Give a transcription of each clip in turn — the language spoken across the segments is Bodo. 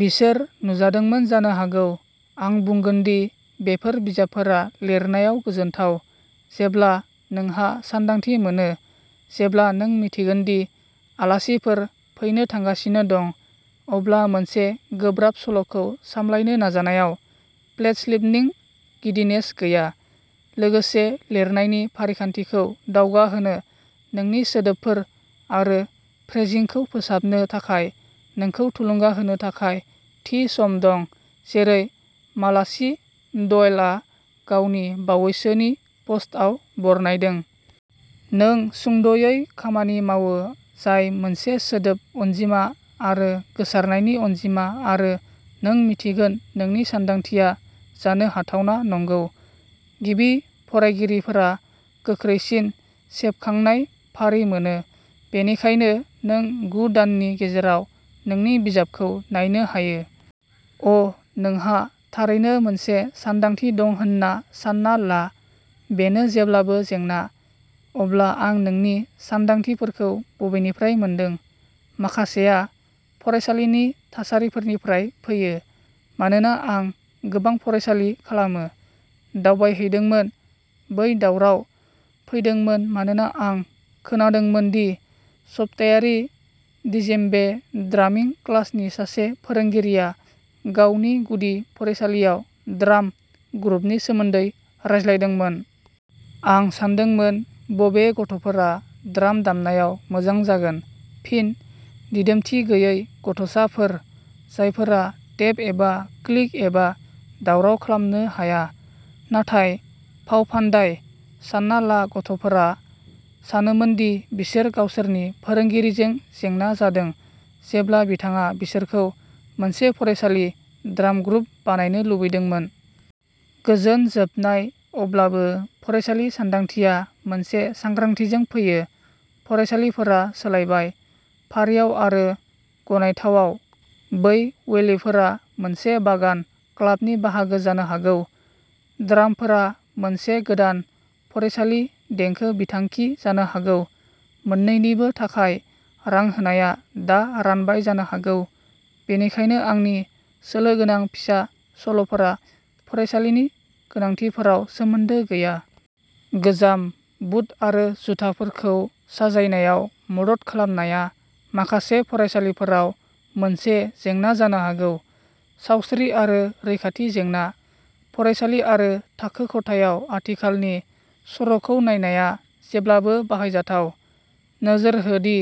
बिसोर नुजादोंमोन जानो हागौ। आं बुंगोन दि बेफोर बिजाबफोरा लिरनायाव गोजोनथाव जेब्ला नोंहा सानदांथि मोनो। जेब्ला नों मिन्थिगोन दि आलासिफोर फैनो थांगासिनो दं, अब्ला मोनसे गोब्राब सल'खौ सावरायनो नाजानायाव प्लेटस्लिनदिं गिदिनेस गैया। लोगोसे, लिरनायनि फारिखान्थिखौ दावगाहोनो, नोंनि सोदोबफोर आरो फ्रेजिंखौ फोसाबनो थाखाय नोंखौ थुलुंगा होनो थाखाय थि सम दं, जेरै मालाचि डयलआ गावनि बावैसोनि पस्टआव बरनायदों। नों सुंद'यै खामानि मावो जाय मोनसे सोदोब अनजिमा आरो गोसारनायनि अनजिमा आरो नों मिन्थिगोन नोंनि सानदांथिया जानो हाथावना नंगौ। गिबि फरायगिरिफोरा गोख्रैसिन सेबखांनाय फारि मोनो, बेनिखायनो नों गु दाननि गेजेराव नोंनि बिजाबखौ नायनो हायो। अ '! नोंहा थारैनो मोनसे सानदांथि दं होन्ना सान्ना ला? बेनो जेब्लाबो जेंना। अब्ला, आं आंनि सानदांथिफोरखौ बबेनिफ्राय मोनदों? माखासेया फरायसालिनि थासारिफोरनिफ्राय फैयो, मानोना आं गोबां फरायसालि खालामो। दावबायहैदोंमोन। बै दावराव! फैदोंमोन मानोना आं खोनादोंमोन दि सप्तायारि डीजेम्बे ड्रामिं क्लासनि सासे फोरोंगिरिआ गावनि गुदि फरायसालियाव ड्राम ग्रुपनि सोमोन्दै रायज्लायदोंमोन। आं सानदोंमोन, बबे गथ'फोरा ड्राम दामनायाव मोजां जागोन? फिनः दिदोमथि गैयै गथ'साफोर, जायफोरा टेप एबा क्लिक एबा दावराव खालामनो हाया। नाथाय फावफान्दाय? सानना ला गथ'फोरा सानोमोन दि बिसोर गावसोरनि फोरोंगिरिजों जेंना जादों जेब्ला बिथाङा बिसोरखौ मोनसे फरायसालि ड्राम ग्रुप बानायनो लुबैदोंमोन? गोजोन जोबनाय! अब्लाबो, "फरायसालि सानदांथिया" मोनसे सांग्रांथिजों फैयो। फरायसालिफोरा सोलायबाय, फारियाव आरो गनायथावआव। बै वेलिफोरा मोनसे बागान क्लाबनि बाहागो जानो हागौ। ड्रामफोरा मोनसे गोदान फरायसालि देंखो बिथांखि जानो हागौ। मोन्नैनिबो थाखाय रां होनाया दा रानबाय जानो हागौ, बेनिखायनो आंनि सोलो गोनां फिसा सल'फोरा फरायसालिनि गोनांथिफोराव सोमोन्दो गैया। गोजाम बुट आरो जुथाफोरखौ साजायनायाव मदद खालामनाया माखासे फरायसालिफोराव मोनसे जेंना जानो हागौ। सावस्रि आरो रैखाथि जेंना। फरायसालि आरो थाखो खथायाव आथिखालनि सर'खौ नायनाया जेब्लाबो बाहायजाथाव। नोजोर हो दि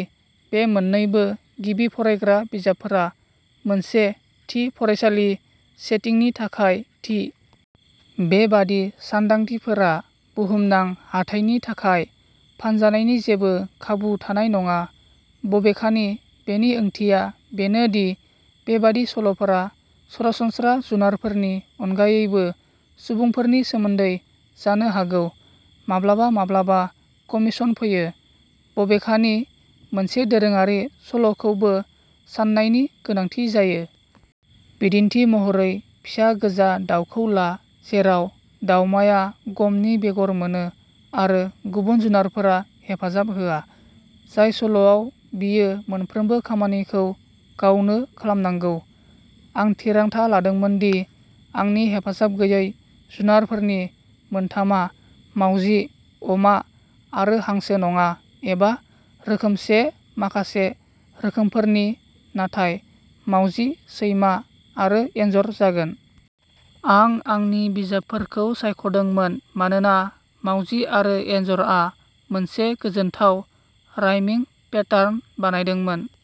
बे मोन्नैबो गिबि फरायग्रा बिजाबफोरा मोनसे थि फरायसालि सेटिंनि थाखाय थि। बेबादि सानदांथिफोरा बुहुमनां हाथाइनि थाखाय फानजानायनि जेबो खाबु थानाय नङा। बबेखानि, बेनि ओंथिया बेनो दि बेबादि सल'फोरा सरासनस्रा जुनारफोरनि अनगायैबो सुबुंफोरनि सोमोन्दै जानो हागौ। माब्लाबा माब्लाबा कमीशन फैयो। बबेखानि, मोनसे दोरोङारि सल'खौबो साननायनि गोनांथि जायो। बिदिन्थि महरै, फिसा गोजा दावखौ ला, जेराव दावमाया गमनि बेगर मोनो आरो गुबुन जुनारफोरा हेफाजाब होआ। जाय सल'आव बियो मोनफ्रोमबो खामानिखौ गावनो खालामनांगौ? आं थिरांथा लादोंमोन दि आंनि हेफाजाब गैयै जुनारफोरनि मोनथामआ मावजि, अमा आरो हांसो नङा एबा रोखोमसे माखासे रोखोमफोरनि नाथाय "मावजि, सैमा आरो एनजर" जागोन। आं आंनि बिजाबफोरखौ सायख'दोंमोन मानोना "मावजि" आरो "एनजर" आ मोनसे गोजोनथाव रायमिं पेटार्न बानायदोंमोन।